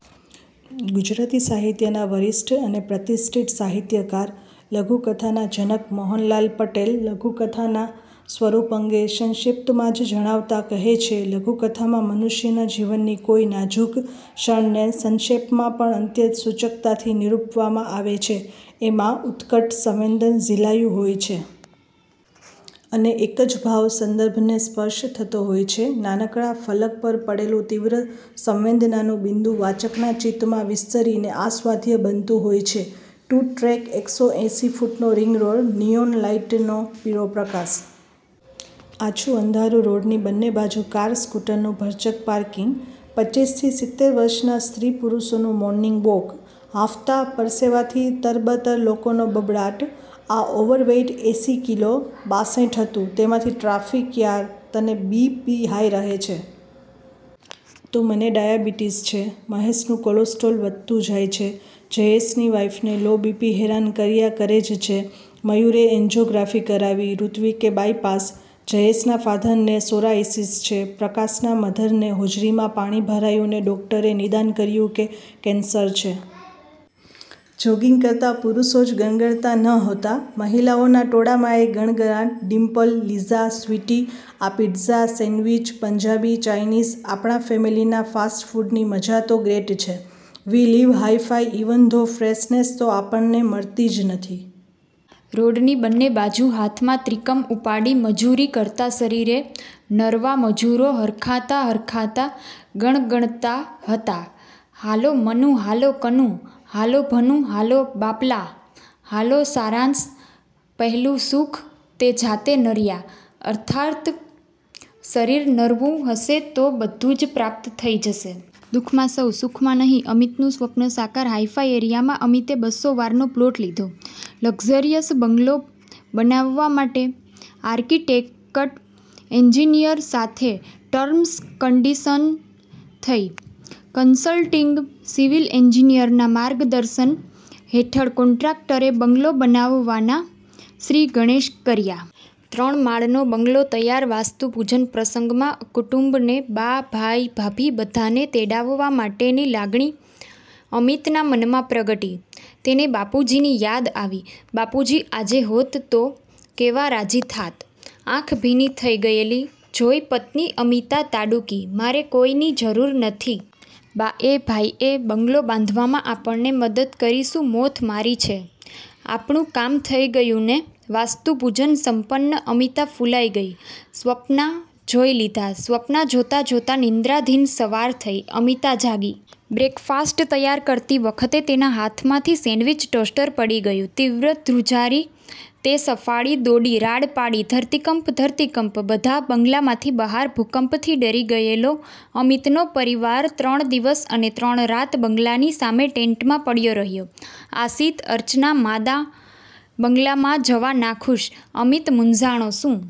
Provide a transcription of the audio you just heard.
ગુજરાતી સાહિત્યનાં વરિષ્ઠ અને પ્રતિષ્ઠિત સાહિત્યકાર, લઘુકથા ના જનક મોહનલાલ પટેલ લઘુકથાના સ્વરૂપ અંગે સંક્ષિપ્તમાં જ જણાવતાં કહે છે: લઘુકથામાં મનુષ્યના જીવનની કોઈ નાજુક ક્ષણને સંક્ષેપમાં પણ અત્યંત સૂચકતાથી નિરૂપવામાં આવે છે. એમાં ઉત્કટ સંવેદન ઝિલાયું હોય છે. અને એક જ ભાવ સંદર્ભને સ્પર્શ થતો હોય છે. નાનકડા ફલક પર પડેલું તીવ્ર સંવેદનાનું બિન્દુ વાચકના ચિત્તમાં વિસ્તરીને આસ્વાદ્ય બનતું હોય છે. ટુ-ટ્રેક એકસો એંસી ફૂટનો રિંગ રોડ. નિયોન લાઈટનો પીળો પ્રકાશ. આછું અંધારું. રોડની બંને બાજુ કાર-સ્કુટરનું ભરચક પાર્કિંગ. પચ્ચીસથી સિતેર વર્ષના સ્ત્રી-પુરુષોનું મોર્નિગ વોક. હાંફતાં, પરસેવાથી તરબતર લોકોનો બબડાટ: આ ઓવર વેઇટ એંસી કિલો? બાંસઠ હતું. તેમાંથી ટ્રાફિક યાર, તને બી. પી. હાઈ રહે છે. તો મને ડાયાબીટિસ છે. મહેશનું કોલોસ્ટોલ વધતું જાય છે. જયેશની વાઈફને લો- બી.પી. હેરાન કર્યા કરે જ છે. મયૂરે એન્જોગ્રાફી કરાવી. ઋત્વિકે બાયપાસ. જયેશના ફાધરને સોરાઈસીસ છે. પ્રકાશનાં મધરને હોજરીમાં પાણી ભરાયું ને ડોકટરે નિદાન કર્યું કે, કેન્સર છે. જોગીંગ કરતાં પુરુષો જ ગણગણતાં નહોતાં. મહિલાઓના ટોળામાંય ગણગણાટ. ડિમ્પલ, લીઝા, સ્વીટી આ પિત્ઝા, સેન્ડવીચ, પંજાબી, ચાઇનીઝ, આપણા ફેમિલીના ફાસ્ટ ફૂડની મજા તો ગ્રેટ છે. We live hi-fi even though freshness તો આપણને મળતી જ નથી! રોડની બંને બાજુ હાથમાં ત્રિકમ ઉપાડી મજૂરી કરતાં શરીરે નરવા મજૂરો હરખાતાં-હરખાતાં ગણગણતાં હતાં: હાલો, મનુ.. હાલો કનુ.. હાલો ભનુ..હાલો બાપલા.. હાલો! સારાંશ: પહેલું સુખ તે જાતે નર્યા અર્થાત શરીર નરવું હશે તો બધું જ પ્રાપ્ત થઈ જશે. દુ:ખમાં સૌ સુખમાં નહીં અમિતનું સ્વપ્ન સાકાર, હાઈ-ફાઈ એરિયામાં અમિતે બસ્સો વારનો પ્લોટ લીધો. લકઝરિયસ બંગલો બનાવવા માટે આર્કિટેકટ એન્જિનિયર સાથે ટર્મ્સ-કંડિશન થઈ. કન્સલ્ટીંગ સિવિલ એન્જિનિયરનાં માર્ગદર્શન હેઠળ કોન્ટ્રાક્ટરે બંગલો બનાવવાના શ્રી ગણેશ કર્યાં. ત્રણ માળનો બંગલો તૈયાર વાસ્તુ-પૂજન પ્રસંગમાં કુટુંબને, બા, ભાઈ-ભાભી બધાંને તેડાવવા માટેની લાગણી અમિતના મનમાં પ્રગટી. તેને બાપુજીની યાદ આવી. બાપુજી આજે હોત તો કેવા રાજી થાત! આંખ ભીની થઈ ગયેલી જોઈ પત્ની અમિતા તાડૂકી: મારે કોઈની જરૂર નથી. બા એ, ભાઈએ બંગલો બાંધવામાં આપણને મદદ કરી શું મોથ મારી છે? આપણું કામ થઈ ગયું ને? વાસ્તુ પૂજન સંપન્ન. અમિતા ફૂલાઈ ગઈ. સ્વપ્ના જોઈ લીધાં. સ્વપ્ના જોતાં-જોતાં નિંદ્રાધીન. સવાર થઈ. અમિતા જાગી. બ્રેકફાસ્ટ તૈયાર કરતી વખતે તેના હાથમાંથી સેન્ડવીચ ટોસ્ટર પડી ગયું. તીવ્ર ધ્રુજારી. તે સફાળી દોડી. રાડ પાડી. ધરતીકંપ.. ધરતીકંપ.. બધાં બંગલામાંથી બહાર. ભૂકંપથી ડરી ગયેલો અમિતનો પરિવાર ત્રણ દિવસ અને ત્રણ રાત બંગલાની સામે ટેન્ટમાં પડ્યો રહ્યો. આશિત-અર્ચના માંદા. બંગલામાં જવા નાખુશ. અમિત મૂંઝાણો. શું